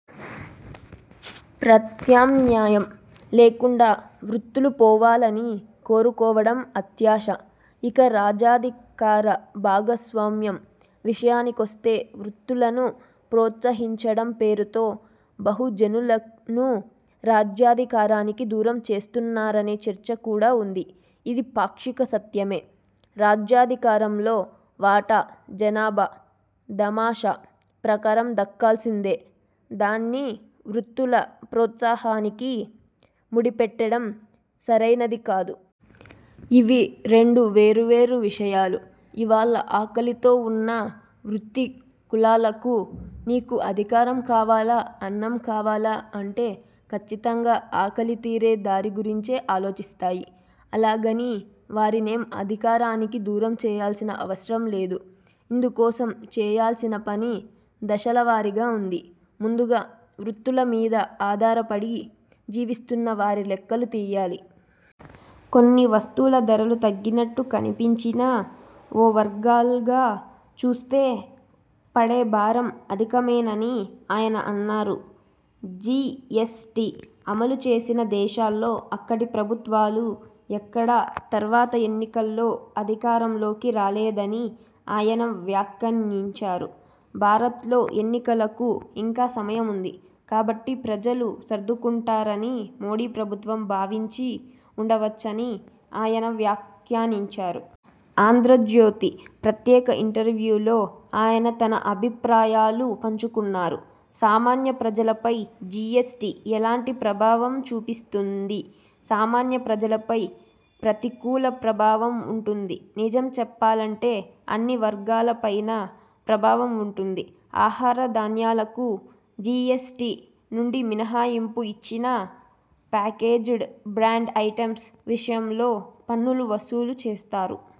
ప్రత్యామ్నాయం లేకుండా వృత్తులు పోవాలని కోరుకోవడం అత్యాశ. ఇక రాజ్యాధికార భాగస్వామ్యం విషయానికొస్తే వృత్తులను ప్రోత్సహించడం పేరుతో, బహుజనులను రాజ్యాధికారానికి దూరం చేస్తున్నారనే చర్చ కూడా ఉంది. ఇది పాక్షిక సత్యమే. రాజ్యాధికారంలో వాటా జనాభా దామాషా ప్రకారం దక్కాల్సిందే. దాన్ని వృత్తుల ప్రోత్సాహానికి ముడిపెట్టడం సరైనది కాదు. ఇవి రెండు వేరు వేరు విషయాలు. ఇవాళ ఆకలితో ఉన్న వృత్తికులాలకు నీకు అధికారం కావాలా? అన్నం కావాలా? అంటే ఖచ్చితంగా ఆకలితీరే దారి గురించే ఆలోచిస్తాయి. అలాగని వారినేం అధికారానికి దూరం చేయాల్సిన అవసరం లేదు. ఇందుకోసం చేయాల్సిన పని దశలవారీగా ఉంది. ముందుగా వృత్తుల మీద ఆధారపడి జీవిస్తున్న వారి లెక్కలు తీయాలి. కొన్ని వస్తువుల ధరలు తగ్గినట్టు కనిపించినా ఓవరాల్గా చూస్తే పడే భారం అధికమేనని ఆయన అన్నారు. జిఎ్సటి అమలు చేసిన దేశాల్లో అక్కడి ప్రభుత్వాలు ఎక్కడా తర్వాత ఎన్నికల్లో అధికారంలోకి రాలేదని ఆయన వ్యాఖ్యానించారు. భారత్లో ఎన్నికలకు ఇంకా సమయం వుంది కాబట్టి ప్రజలు సర్దుకుంటారని మోదీ ప్రభుత్వం భావించి వుండవచ్చని ఆయన వ్యాఖ్యానించారు. ఆంధ్రజ్యోతి ప్రత్యేక ఇంటర్వ్యూలో ఆయన తన అభిప్రాయాలు పంచుకున్నారు. సామాన్య ప్రజలపై జిఎస్టి ఎలాంటి ప్రభావం చూపిస్తుంది? సామాన్య ప్రజలపై ప్రతికూల ప్రభావం ఉం టుంది. నిజం చెప్పాలంటే అన్ని వర్గాలపైనా ప్రభావం ఉంటుంది. ఆహార ధాన్యాలకు జిఎస్టి నుంచి మినహాయింపు ఇచ్చినా, ప్యాకేజ్డ్ బ్రాండ్ ఐటమ్స్ విషయంలో పన్ను వసూలు చేస్తారు.